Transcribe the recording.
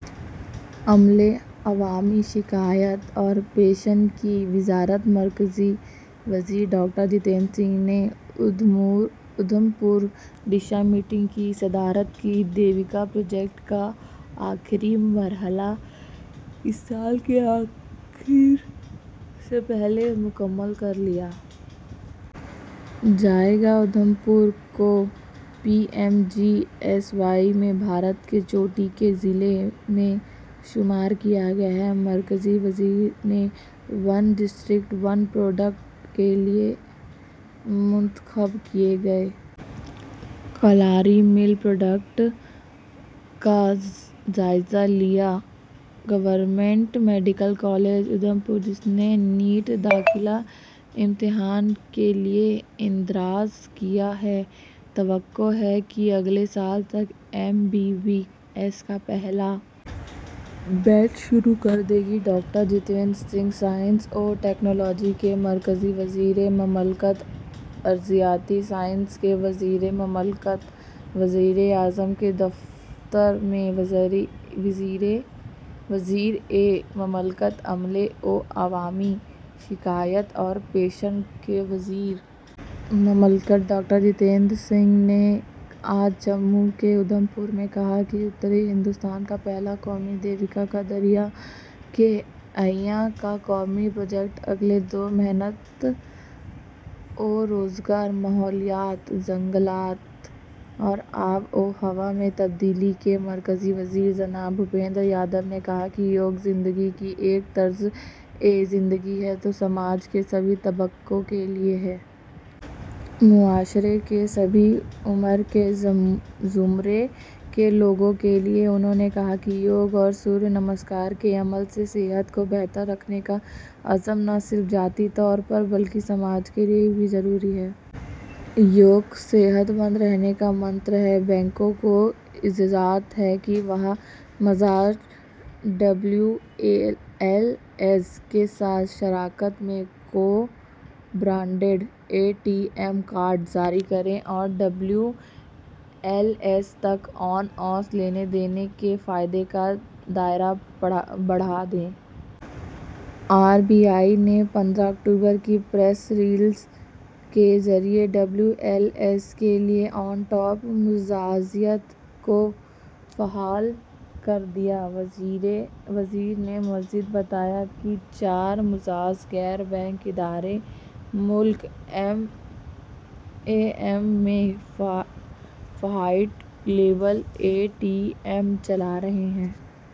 عملے عوامی شکایات اور پنشن کی وزارت مرکزی وزیر ڈاکٹر جتیندر سنگھ نے اودھم پور دشا میٹنگ کی صدارت کی دیوکا پروجیکٹ کا آخری مرحلہ اس سال کے آخر سے پہلے مکمل کرلیا جائے گا اودھم پور کو P M G S Y میں بھارت کے چوٹی کے ضلع میں شمار کیا گیا ہے مرکزی وزیر نے ون ڈسٹرکٹ ون پروڈکٹ کے لئے منتخب کئے گئے کالاری مل پروڈکٹ کا جائزہ لیا government medical college Udhampur جس نے نیٹ داخلہ امتحان کے لئے اندراج کیا ہے توقع ہے کہ اگلے سال تک ایم بی بی ایس کا پہلا بیچ شروع کردے گی ڈاکٹر جتیندر سنگھ سائنس و ٹکنالوجی کے مرکزی وزیر مملکت ارضیاتی سائنس کے وزیر مملکت وزیراعظم کے دفتر میں وزیر مملکت عملے و عوامی شکایات اور پنشن کے وزیر مملکت ڈاکٹر جتیندر سنگھ نے آج جموں کے اودھم پور میں کہا ہے کہ شمالی ہندوستان کا پہلا قومی دیویکا کا دریا کے احیا کا قومی پروجیکٹ اگلے دو محنت و روزگار ماحولیات جنگلات اور آب و ہوا میں تبدیلی کے مرکزی وزیر جناب بھوپندر یادو نے کہا کہ یوگ زندگی کی ایک طرز زندگی ہے جو سماج کے سبھی طبقوں کے لئے ہے۔ معاشرے کے سبھی عمر کے زمرے کے لوگوں کے لئے ہے۔ انہوں نے کہا کہ یوگ اور سوریہ نمسکار کے عمل سے صحت کو بہتر رکھنے کا عزم نہ صرف ذاتی طور پر بلکہ سماج کے لئے بھی ضروری ہے۔ یوگ صحت مند رہنے کا منتر ہے۔ بینکوں کو اجازت ہے کہ وہ مجاز ڈبلیو ایل ایز کے ساتھ شراکت میں کو branded A T M card جاری کریں اور ڈبلیو ایل ایز تک آن اس لین دین کے فائدے کا دائرہ بڑھا دیں۔ آر بی آئی نے پندرہ اکتوبر کی پریس ریلیز کے ذریعے ڈبلیو ایل ایز کے لیے آن ٹیپ مجازیت کو فعال کر دیا ہے۔ وزیر موصوف نے مزید بتایا کہ چار مجاز غیر بینک ادارے ملک میں white label A T M چلا رہے ہیں۔